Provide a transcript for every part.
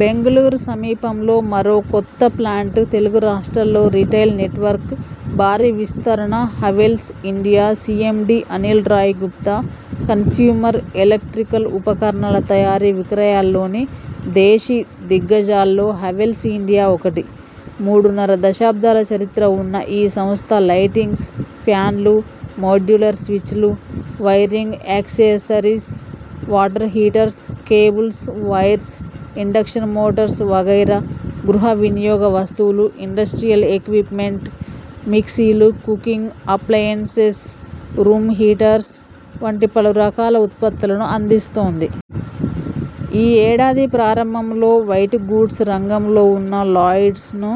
బెంగళూరు సమీపంలో మరో కొత్త ప్లాంట్ తెలుగు రాష్ట్రాల్లో రిటైల్ నెట్వర్క్ భారీ విస్తరణ Havells India CMD Anil Rai Gupta consumer electrical ఉపకరణాల తయారీ విక్రయాల్లోని దేశీ దిగ్గ జాల్లో హావెల్స్ ఇండియా ఒకటి. మూడున్నర దశాబ్దాల చరిత్ర ఉన్న ఈ సంస్థ లైటింగ్స్, ఫాన్లు, మోడ్యులర్ స్విచ్లు, wiring accessories, water heaters, cables, wires, induction motors వగైరా గృహ వినియోగ వస్తువులు, ఇండస్ట్రియల్ ఎక్వి్పమెంట్, మిక్సీలు, కుకింగ్ అప్లయెన్సెస్, రూమ్ హీటర్స్ వంటి పలు రకాల ఉత్పత్తులను అందిస్తోంది. ఈ ఏడాది ప్రారంభంలో వైట్ గూడ్స్ రంగంలో ఉన్న లాయిడ్స్ను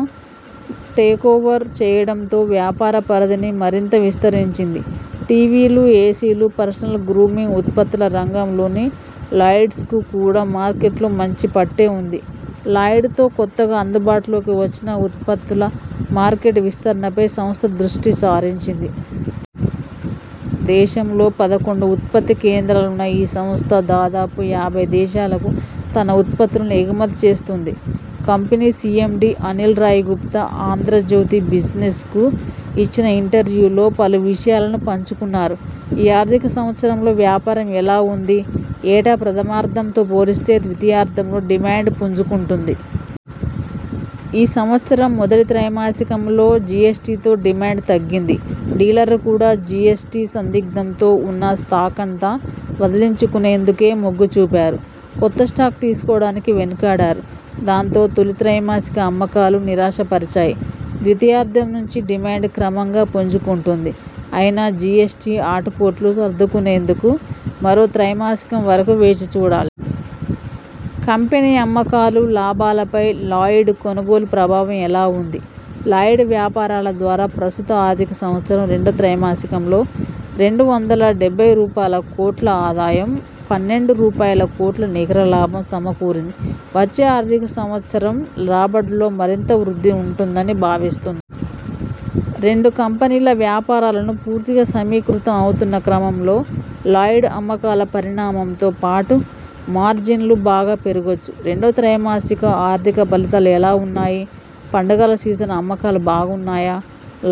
టేకోవర్ చేయడంతో వ్యాపార పరిధిని మరింత విస్తరించింది. టీవీలు, ఏసీలు, పర్సనల్ గ్రూమింగ్ ఉత్పత్తుల రంగంలోని లాయిడ్స్కు కూడా మార్కెట్లో మంచి పట్టే ఉంది. లాయిడ్ తో కొత్తగా అందుబాటులోకి వచ్చిన ఉత్పత్తుల మార్కెట్ విస్తరణపై సంస్థ దృష్టి సారించింది. దేశంలో పదకొండు ఉత్పత్తి కేంద్రాలున్న ఈ సంస్థ దాదాపు యాభై దేశాలకు తన ఉత్పత్తులను ఎగమతి చేస్తోంది. కంపెనీ సిఎండి అనిల్ రాయ్ గుప్తా 'ఆంధ్రజ్యోతి బిజినె్స'కు ఇచ్చిన ఇంటర్వ్యూలో పలు విషయాలను పంచుకున్నారు. ఈ ఆర్థిక సంవత్సరంలో వ్యాపారం ఎలా ఉంది? ఏటా ప్రథమార్ధంతో పోలిస్తే ద్వితాయార్ధంలో డిమాండ్ పుంజు కుంటుంది. ఈ సంవత్సరం మొదటి త్రైమాసికంలో జీఎస్టీతో డిమాండ్ తగ్గింది. డీలర్లు కూడా జిఎ్సటి సందిగ్ధంతో ఉన్న స్టాకంతా వదిలించుకునేందుకే మొగ్గు చూపారు. కొత్త స్టాక్ తీసుకోవడానికి వెనుకాడారు. దాంతో తొలి త్రైమాసిక అమ్మకాలు నిరాశపరిచాయి ద్వితీయార్ధం నుంచి డిమాండ్ క్రమంగా పుంజు కుంటోంది. అయినా జిఎ్సటి ఆటు పోట్లు సర్దుకునేందుకు మరో త్రైమాసికం వరకు వేచి చూడాలి. కంపెనీ అమ్మకాలు, లాభాలపై 'లాయిడ్' కొనుగోలు ప్రభావం ఎలా ఉంది? లాయిడ్ వ్యాపారాల ద్వారా ప్రస్తుత ఆర్థిక సంవత్సరం రెండో త్రైమాసికంలో రెండు వందల డెబ్బై రూపాయల కోట్ల ఆదాయం, పన్నెండు రూపాయల కోట్ల నికర లాభం సమకూరింది. వచ్చే ఆర్థిక సంవత్సరం రాబడుల్లో మరింత వృద్ధి ఉంటుందని భావిస్తున్నా. రెండు కంపెనీల వ్యాపారాలను పూర్తిగా సమీకృతం అవుతున్న క్రమంలో లాయిడ్ అమ్మకాల పరిణామంతో పాటు మార్జిన్లు బాగా పెరగొచ్చు. రెండో త్రైమాసిక ఆర్థిక ఫలితాలు ఎలా ఉన్నాయి? పండగల సీజన్ అమ్మకాలు బాగున్నాయా?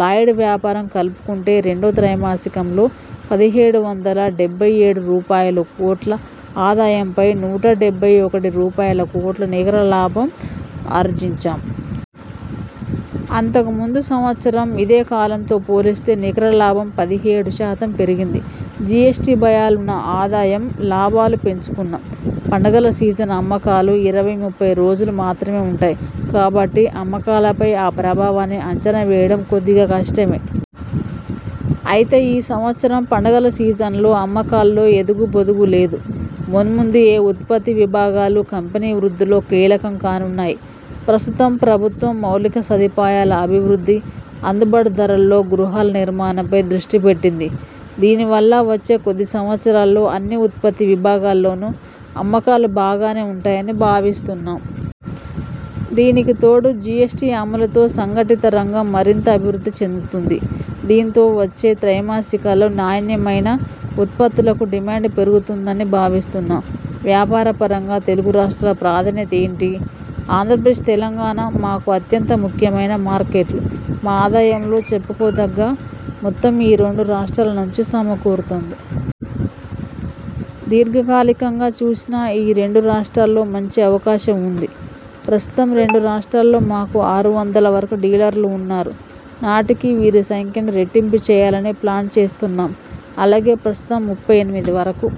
లాయిడ్ వ్యాపారం కలుపుకుంటే రెండో త్రైమాసికంలో పదిహేడు వందల డెబ్బై ఏడు రూపాయలుకోట్ల ఆదాయంపై నూట డెబ్బై ఒకటి రూపాయల కోట్ల నికర లాభం ఆర్జించాం. అంతకు ముందు సంవత్సరం ఇదే కాలంతో పోలిస్తే నికర లాభం పదిహేడు శాతం పెరిగింది. జిఎ్సటి భయాలున్నా ఆదాయం, లాభాలు పెంచుకున్నాం. పండగల సీజన్ అమ్మకాలు ఇరవై ముప్పై రోజులు మాత్రమే ఉంటాయి. కాబట్టి అమ్మకాల పై ఆ ప్రభావాన్ని అంచనా వేయడం కొద్దిగా కష్టమే. అయితే ఈ సంవత్సరం పండగల సీజన్లో అమ్మకాల్లో ఎదుగూ బొదుగు లేదు. మున్ముందు ఏ ఉత్పత్తి విభాగాలు కంపెనీ వృద్ధిలో కీలకం కానున్నాయి? ప్రస్తుతం ప్రభుత్వం మౌలిక సదుపాయాల అభివృద్ధి, అందుబాటు ధరల్లో గృహాల నిర్మాణంపై దృష్టి పెట్టింది. దీనివల్ల వచ్చే కొద్ది సంవత్సరాల్లో అన్ని ఉత్పత్తి విభాగాల్లోనూ అమ్మకాలు బాగానే ఉంటాయని భావిస్తున్నాం. దీనికి తోడు జిఎ్సటి అమలుతో సంఘటిత రంగం మరింత అభివృద్ధి చెందుతుంది. దీంతో వచ్చే త్రైమాసికాల్లో నాణ్యమైన ఉత్పత్తులకు డిమాండ్ పెరుగుతుందని భావిస్తున్నాం. వ్యాపారపరంగా తెలుగు రాష్ట్రాల ప్రాధాన్యత ఏంటి? ఆంధ్రప్రదేశ్, తెలంగాణ మాకు అత్యంత ముఖ్యమైన మార్కెట్లు. మా ఆదాయంలో చెప్పుకోదగ్గ మొత్తం ఈ రెండు రాష్ట్రాల నుంచి సమకూరుతోంది. దీర్ఘ కాలికంగా చూసినా, ఈ రెండు రాష్ట్రాల్లో మంచి అవకాశం ఉంది. ప్రస్తుతం రెండు రాష్ట్రాల్లో మాకు ఆరు వందల వరకు డీలర్లు ఉన్నారు. నాటికి వీరి సంఖ్యను రెట్టింపు చేయాలని ప్లాన్ చేస్తున్నాం. అలాగే ప్రస్తుతం ముప్పై ఎనిమిది వరకు